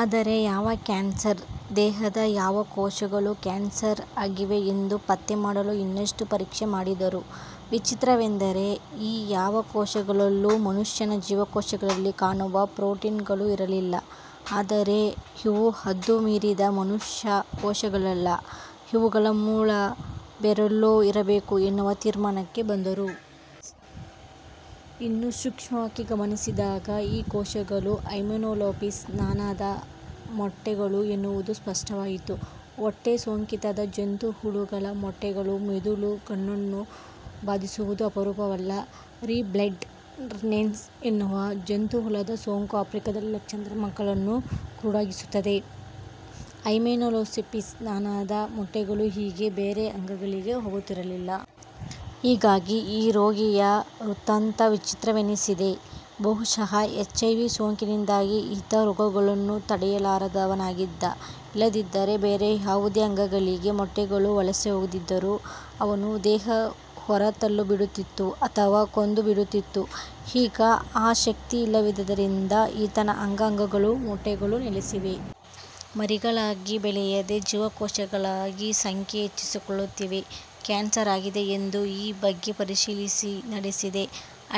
ಆದರೆ ಯಾವ ಕ್ಯಾನ್ಸರ್? ದೇಹದ ಯಾವ ಕೋಶಗಳು ಕ್ಯಾನ್ಸರ್ ಆಗಿವೆ ಎಂದು ಪತ್ತೆ ಮಾಡಲು ಇನ್ನಷ್ಟು ಪರೀಕ್ಷೆ ಮಾಡಿದರು. ವಿಚಿತ್ರವೆಂದರೆ ಈ ಯಾವ ಕೋಶಗಳಲ್ಲೂ ಮನುಷ್ಯನ ಜೀವಕೋಶಗಳಲ್ಲಿ ಕಾಣುವ ಪ್ರೊಟೀನುಗಳು ಇರಲಿಲ್ಲ. ಅಂದರೆ ಇವು ಹದ್ದು ಮೀರಿದ ಮನುಷ್ಯ ಕೋಶಗಳಲ್ಲ. ಇವುಗಳ ಮೂಲ ಬೇರೆಲ್ಲೋ ಇರಬೇಕು ಎನ್ನುವ ತೀರ್ಮಾನಕ್ಕೆ ಬಂದರು. ಇನ್ನೂ ಸೂಕ್ಷ್ಮವಾಗಿ ಗಮನಿಸಿದಾಗ ಈ ಕೋಶಗಳು ಹೈಮೆನೋಲೆಪಿಸ್ ನಾನಾ ದ ಮೊಟ್ಟೆಗಳು ಎನ್ನುವುದು ಸ್ಪಷ್ಟವಾಯಿತು. ಹೊಟ್ಟೆ ಸೋಂಕಿದ ಜಂತುಹುಳುಗಳ ಮೊಟ್ಟೆಗಳು ಮಿದುಳು, ಕಣ್ಣನ್ನು ಬಾಧಿಸುವುದು ಅಪರೂಪವಲ್ಲ. ರಿವರ್ ಬ್ಲೈಂಡ್ ನೆಸ್ ಎನ್ನುವ ಜಂತುಹುಳದ ಸೋಂಕು ಆಫ್ರಿಕಾದಲ್ಲಿ ಲಕ್ಷಾಂತರ ಮಕ್ಕಳನ್ನು ಕುರುಡಾಗಿಸುತ್ತದೆ. ಹೈಮೆನೋಲೆಪಿಸ್ ನಾನಾ ದ ಮೊಟ್ಟೆಗಳು ಹೀಗೆ ಬೇರೆ ಅಂಗಗಳಿಗೆ ಹೋಗುತ್ತಿರಲಿಲ್ಲ. ಹೀಗಾಗಿ ಈ ರೋಗಿಯ ವೃತ್ತಾಂತ ವಿಚಿತ್ರವೆನ್ನಿಸಿದೆ. ಬಹುಶಃ ಎಚ್ ಐ ವಿ ಸೋಂಕಿನಿಂದಾಗಿ ಈತ ರೋಗಗಳನ್ನು ತಡೆಯಲಾರದವನಾಗಿದ್ದ. ಇಲ್ಲದಿದ್ದರೆ ಬೇರೆ ಯಾವುದೇ ಅಂಗಗಳಿಗೆ ಮೊಟ್ಟೆಗಳು ವಲಸೆ ಹೋಗಿದ್ದರೂ ಅವನ್ನು ದೇಹ ಹೊರ ತಳ್ಳಿಬಿಡುತ್ತಿತ್ತು. ಅಥವಾ ಕೊಂದು ಬಿಡುತ್ತಿತ್ತು. 'ಈಗ ಆ ಶಕ್ತಿ ಇಲ್ಲವಾದ್ದರಿಂದ ಈತನ ಅಂಗ ಅಂಗಗಳಲ್ಲೂ ಮೊಟ್ಟೆಗಳು ನೆಲೆಸಿವೆ. ಮರಿಗಳಾಗಿ ಬೆಳೆಯದೆ ಜೀವಕೋಶಗಳಾಗಿ ಸಂಖ್ಯೆ ಹೆಚ್ಚಿಸಿಕೊಳ್ಳುತ್ತಿವೆ. ಕ್ಯಾನ್ಸರ್ ಆಗಿದೆ' ಎಂದು ಈ ಬಗ್ಗೆ ಪರಿಶೀಲನೆ ನಡೆಸಿದ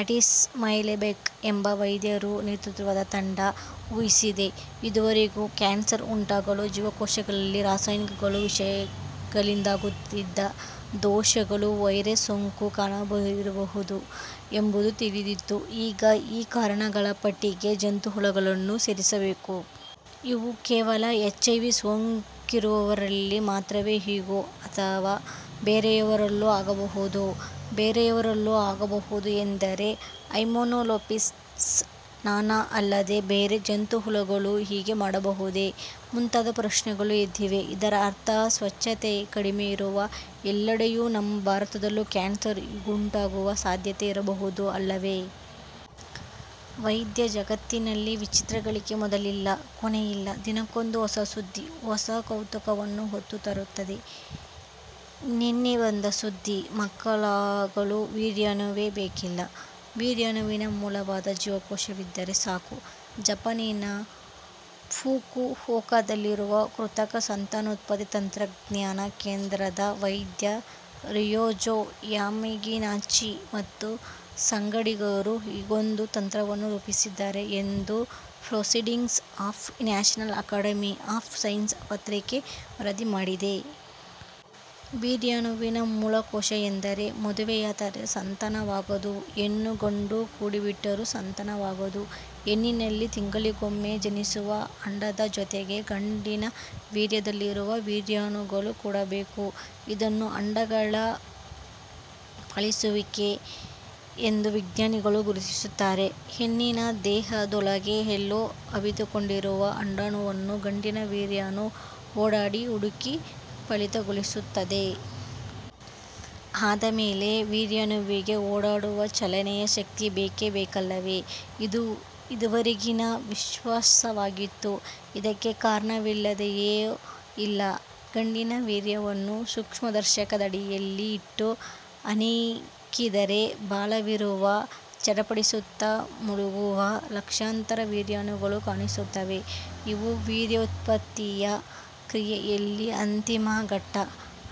ಅಟೀಸ್ ಮುಯಲೆಂಬಾಕ್ ಎಂಬ ವೈದ್ಯರ ನೇತೃತ್ವದ ತಂಡ ಊಹಿಸಿದೆ. ಇದುವರೆವಿಗೂ ಕ್ಯಾನ್ಸರ್ ಉಂಟಾಗಲು ಜೀವಕೋಶಗಳಲ್ಲಿ ರಾಸಾಯನಿಕಗಳು, ವಿಷಗಳಿಂದಾಗುತ್ತಿದ್ದ ದೋಷಗಳು, ವೈರಸ್ ಸೋಂಕು ಕಾರಣವಿರಬಹುದು ಎಂಬುದು ತಿಳಿದಿತ್ತು. ಈಗ ಈ ಕಾರಣಗಳ ಪಟ್ಟಿಗೆ ಜಂತುಹುಳುಗಳನ್ನೂ ಸೇರಿಸಬೇಕು. ಇವು ಕೇವಲ ಎಚ್ ಐ ವಿ. ಸೋಂಕಿರುವವರಲ್ಲಿ ಮಾತ್ರವೇ ಹೀಗೋ? ಅಥವಾ ಬೇರೆಯವರಲ್ಲೂ ಆಗಬಹುದೋ. ಬೇರೆಯವರಲ್ಲೂ ಆಗಬಹುದು ಎಂದರೆ ಹೈಮೆನೊಲೆಪಿಸ್ ನಾನಾ ಅಲ್ಲದೆ ಬೇರೆ ಜಂತುಹುಳುಗಳೂ ಹೀಗೆ ಮಾಡಬಹುದೇ? ಮುಂತಾದ ಪ್ರಶ್ನೆಗಳು ಎದ್ದಿವೆ. ಇದರ ಅರ್ಥ ಸ್ವಚ್ಛತೆ ಕಡಿಮೆ ಇರುವ ಎಲ್ಲೆಡೆಯೂ, ನಮ್ಮ ಭಾರತದಲ್ಲೂ, ಕ್ಯಾನ್ಸರ್ ಹೀಗುಂಟಾಗುವ ಸಾಧ್ಯತೆ ಇರಬಹುದು ಅಲ್ಲವೇ? ವೈದ್ಯ ಜಗತ್ತಿನಲ್ಲಿ ವಿಚಿತ್ರಗಳಿಗೆ ಮೊದಲಿಲ್ಲ, ಕೊನೆಯಿಲ್ಲ. ದಿನಕ್ಕೊಂದು ಹೊಸ ಸುದ್ದಿ. ಹೊಸ ಕೌತುಕವನ್ನು ಹೊತ್ತು ತರುತ್ತದೆ. ನಿನ್ನೆ ಬಂದ ಸುದ್ದಿ. ಮಕ್ಕಳಾಗಲು ವೀರ್ಯಾಣುವೇ ಬೇಕಿಲ್ಲ. ವೀರ್ಯಾಣುವಿನ ಮೂಲವಾದ ಜೀವಕೋಶವಿದ್ದರೆ ಸಾಕು. ಜಪಾನಿನ ಫುಕುವೋಕಾದಲ್ಲಿರುವ ಕೃತಕ ಸಂತಾನೋತ್ಪತ್ತಿ ತಂತ್ರಜ್ಞಾನ ಕೇಂದ್ರದ ವೈದ್ಯ ರಿಯುಜೊ ಯಮಗಿನಾಚಿ ಮತ್ತು ಸಂಗಡಿಗರು ಹೀಗೊಂದು ತಂತ್ರವನ್ನು ರೂಪಿಸಿದ್ದಾರೆ ಎಂದು proceedings of national academy of sciences ಪತ್ರಿಕೆ ವರದಿ ಮಾಡಿದೆ. ವೀರ್ಯಾಣುವಿನ ಮೂಲಕೋಶ ಎಂದರೆ? ಮದುವೆಯಾದರೆ ಸಂತಾನವಾಗದು. ಹೆಣ್ಣು, ಗಂಡು ಕೂಡಿಬಿಟ್ಟರೂ ಸಂತಾನವಾಗದು. ಹೆಣ್ಣಿನಲ್ಲಿ ತಿಂಗಳಿಗೊಮ್ಮೆ ಜನಿಸುವ ಅಂಡದ ಜೊತೆಗೆ ಗಂಡಿನ ವೀರ್ಯದಲ್ಲಿರುವ ವೀರ್ಯಾಣುಗಳು ಕೂಡಬೇಕು. ಇದನ್ನು ಅಂಡಗಳ ಫಲಿಸುವಿಕೆ ಎಂದು ವಿಜ್ಞಾನಿಗಳು ಗುರುತಿಸುತ್ತಾರೆ. ಹೆಣ್ಣಿನ ದೇಹದೊಳಗೆ ಎಲ್ಲೋ ಅವಿತುಕೊಂಡಿರುವ ಅಂಡಾಣುವನ್ನು ಗಂಡಿನ ವೀರ್ಯಾಣು ಓಡಾಡಿ ಹುಡುಕಿ ಫಲಿತಗೊಳಿಸುತ್ತದೆ. ಅಂದ ಮೇಲೆ ವೀರ್ಯಾಣುವಿಗೆ ಓಡಾಡುವ, ಚಲನೆಯ ಶಕ್ತಿ ಬೇಕೇ ಬೇಕಲ್ಲವೇ? ಇದು ಇದುವರೆಗಿನ ವಿಶ್ವಾಸವಾಗಿತ್ತು. ಇದಕ್ಕೆ ಕಾರಣವಿಲ್ಲದೆಯೂ ಇಲ್ಲ. ಗಂಡಿನ ವೀರ್ಯವನ್ನು ಸೂಕ್ಷ್ಮದರ್ಶಕದಡಿಯಲ್ಲಿ ಇಟ್ಟು ಹಣಿಕಿದರೆ ಬಾಲವಿರುವ, ಚಡಪಡಿಸುತ್ತ ಮುಲುಗುವ ಲಕ್ಷಾಂತರ ವೀರ್ಯಾಣುಗಳು ಕಾಣಿಸುತ್ತವೆ. ಇವು ವೀರ್ಯೋತ್ಪತ್ತಿಯ ಕ್ರಿಯೆಯಲ್ಲಿ ಅಂತಿಮ ಘಟ್ಟ.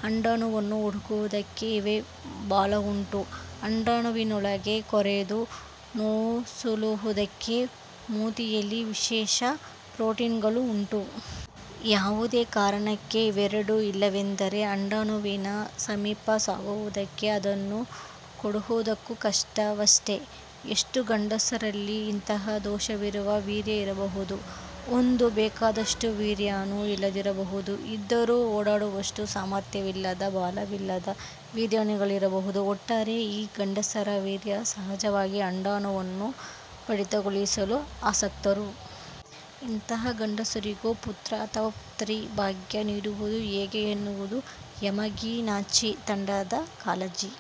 ಅಂಡಾಣುವನ್ನು ಹುಡುಕುವುದಕ್ಕೆ ಇವಕ್ಕೆ ಬಾಲವುಂಟು, ಅಂಡಾಣುವಿನೊಳಗೆ ಕೊರೆದು ನುಸುಳುವುದಕ್ಕೆ ಮೂತಿಯಲ್ಲಿ ವಿಶೇಷ ಪ್ರೊಟೀನುಗಳೂ ಉಂಟು. ಯಾವುದೇ ಕಾರಣಕ್ಕೆ ಇವೆರಡೂ ಇಲ್ಲವೆಂದರೆ ಅಂಡಾಣುವಿನ ಸಮೀಪ ಸಾಗುವುದಕ್ಕೂ, ಅದನ್ನು ಕೂಡುವುದಕ್ಕೂ ಕಷ್ಟವಷ್ಟೆ! ಎಷ್ಟೋ ಗಂಡಸರಲ್ಲಿ ಇಂತಹ ದೋಷವಿರುವ ವೀರ್ಯ ಇರಬಹುದು. ಒಂದೋ ಬೇಕಾದಷ್ಟು ವೀರ್ಯಾಣು ಇಲ್ಲದಿರಬಹುದು. ಇದ್ದರೂ ಓಡಾಡುವಷ್ಟು ಸಾಮರ್ಥ್ಯವಿಲ್ಲದ, ಬಾಲವಿಲ್ಲದ ವೀರ್ಯಾಣುಗಳಿರಬಹುದು. ಒಟ್ಟಾರೆ ಈ ಗಂಡಸರ ವೀರ್ಯ ಸಹಜವಾಗಿ ಅಂಡಾಣುವನ್ನು ಫಲಿತಗೊಳಿಸಲು ಅಶಕ್ತರು. ಇಂತಹ ಗಂಡಸರಿಗೂ ಪುತ್ರ ಅಥವಾ ಪುತ್ರಿಭಾಗ್ಯ ನೀಡುವುದು ಹೇಗೆ ಎನ್ನುವುದೇ ಯಮಗಿನಾಚಿ ತಂಡದ ಕಾಳಜಿ.